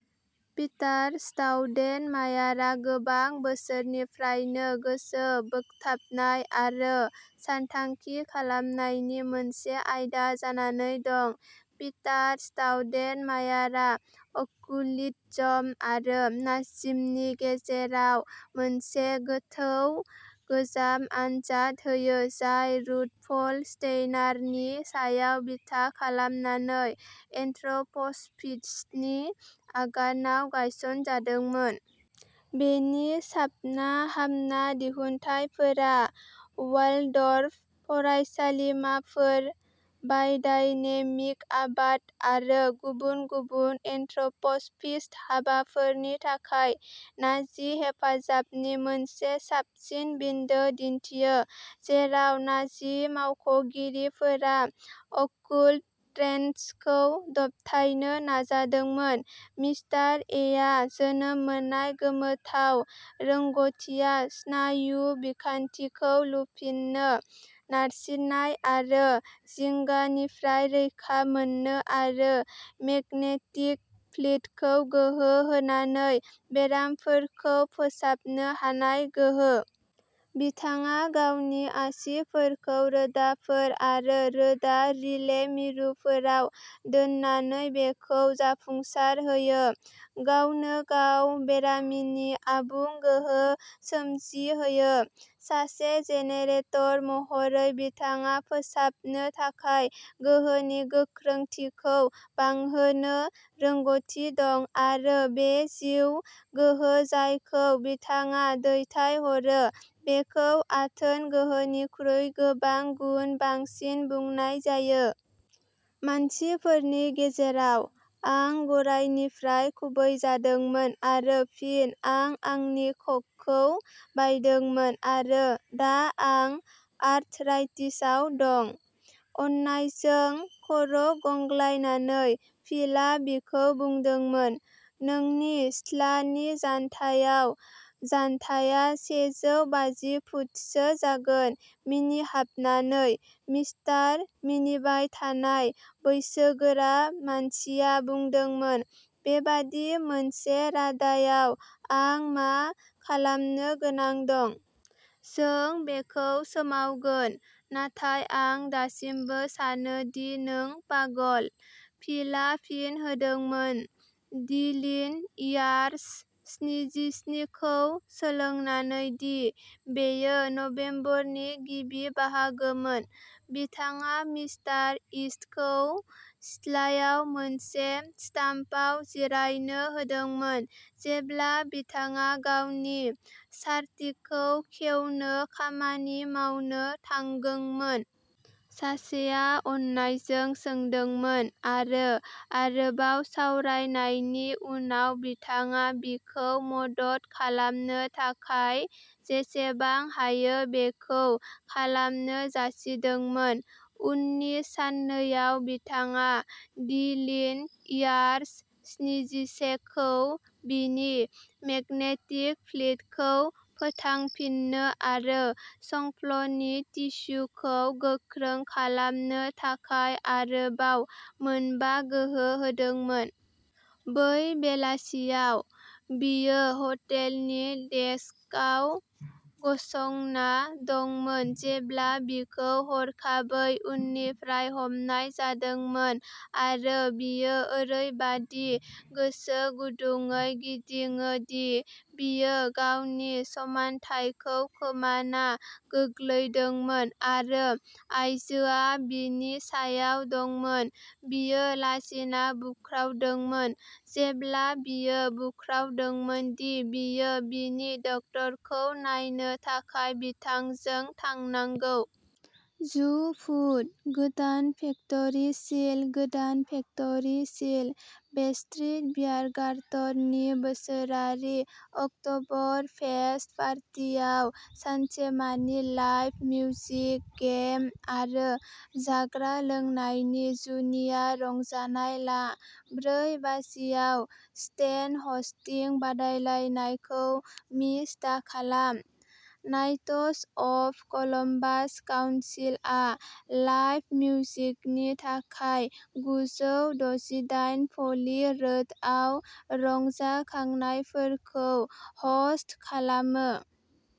Peter स्टाउडेनमायारआ गोबां बोसोरनिफ्रायनो गोसो बोगथाबनाय आरो सानथांखि खालामनायनि मोनसे आयदा जानानै दं। पिटार स्टाउडेनमायारआ अकुल्टिज्म आरो नाजिज्मनि गेजेराव मोनसे गोथौ गोजाम आनजाद होयो, जाय रुडलफ स्टेइनारनि सायाव बिथा खालामनानै एन्थ्रप'स'फिस्टनि आगानआव गायसनजादोंमोन। बेनि साबना-हामना दिहुनथायफोरा वाल्डर्फ फरायसालिमाफोर, बाय'डायनेमिक आबाद आरो गुबुन गुबुन एन्थ्रप'स'फिस्ट हाबाफोरनि थाखाय नाजि हेफाजाबनि मोनसे साबसिन बिन्दो दिन्थियो, जेराव नाजि मावख'गिरिफोरा अकुल्ट ट्रेन्ड्सखौ दबथायनो नाजादोंमोन। मिस्टार एआ जोनोम मोननाय गोमोथाव रोंग'थिआ स्नायु बिखान्थिखौ लुफिननो, नारसिननाय आरो जिंगानिफ्राय रैखा मोननो आरो मेगनेटिक फिल्डखौ गोहो होनानै बेरामफोरखौ फोसाबनो हानाय गोहो। बिथाङा गावनि आसिफोरखौ रोदाफोर आरो रोदा रिले मिरुफोराव दोननानै बेखौ जाफुंसारहोयो, गावनो-गाव बेरामिनि आबुं गोहो सोमजिहोयो। सासे जेनेरेटर महरै बिथाङा फोसाबनो थाखाय गोहोनि गोख्रोंथिखौ बांहोनो रोंग'थि दं आरो बे जिउ गोहो जायखौ बिथाङा दैथायहरो, बेखौ आथोन गोहोनिख्रुइ गोबां गुन बांसिन बुंनाय जायो। मानसिफोरनि गेजेराव। आं गरायनिफ्राय खुबैजादोंमोन आरो फिन आं आंनि खख'खौ बायदोंमोन आरो दा आं आर्थराइटिसआव दं। "अननायजों खर'गंग्लायनानै, फिलआ बिखौ बुंदोंमोन," नोंनि सिथ्लानि जान्थायाव जान्थाया सेजौ बाजि फुटसो जागोन। "मिनिहाबनानै, मिस्टार" मिनिबाय थानाय, बैसोगोरा मानसिया बुंदोंमोन, "बेबादि मोनसे रादायाव, आं मा खोमानो गोनां दं? जों बेखौ सोमावगोन, नाथाय आं दासिमबो सानो दि नों पागल।" फिलआ फिन होदोंमोन। "दि लीन इयार्स स्निजिस्नि खौ सोलोंनानै दि बेयो नबेम्बरनि गिबि बाहागोमोन, बिथाङा मिस्टार ईस्टखौ सिथ्लायाव मोनसे स्टाम्पआव जिरायनो होदोंमोन जेब्ला बिथाङा गावनि सार्किटखौ खेवनो खामानि मावनो थांगोंमोन। सासेया अननायजों सोंदोंमोन आरो आरोबाव सावरायनायनि उनाव बिथाङा बिखौ मदद खालामनो थाखाय जेसेबां हायो बेखौ खालामनो जासिदोंमोन।" उननि साननैआव बिथाङा दि लीन इयार्स स्निजिसे खौ बिनि मेगनेटिक फिल्डखौ फोथांफिन्नो आरो संफ्लनि टिस्युखौ गोख्रों खालामनो थाखाय आरोबाव मोनबा गोहो होदोंमोन। बै बेलासियाव। बियो हटेलनि डेस्कआव गसंना दंमोन जेब्ला बिखौ हरखाबै उननिफ्राय हमनाय जादोंमोन आरो बियो ओरैबादि गोसो गुदुंयै गिदिङो दि बियो गावनि समान्थायखौ खोमाना गोग्लैदोंमोन, आरो आयजोआ बिनि सायाव दंमोन। "बियो लाजिना बुख्रावदोंमोन, जेब्ला बियो बुख्रावदोंमोन दि बियो बिनि डक्टरखौ नायनो थाखाय बिथांजों थांनांगौ। जु फुट। गोदान फेक्टरि सिल। गोदान फेक्टरि सिल। बेस्ट्रिट बियारगार्टननि बोसोरारि अकट'बरफेस्ट पार्टियाव सानसेमानि लाइभ मिउजिक, गेम आरो जाग्रा लोंनायनि जुनिया रंजानाय ला। ब्रै बाजियाव स्टेन ह'स्टिं बादायलायनायखौ मिस दाखालाम। नाइट्स अफ कलम्बास काउन्सिल आ लाइभ मिउजिकनि थाखाय गुजौ दजिदाइन फ'लि रोडआव रंजाखांनायफोरखौ ह'स्ट खालामो।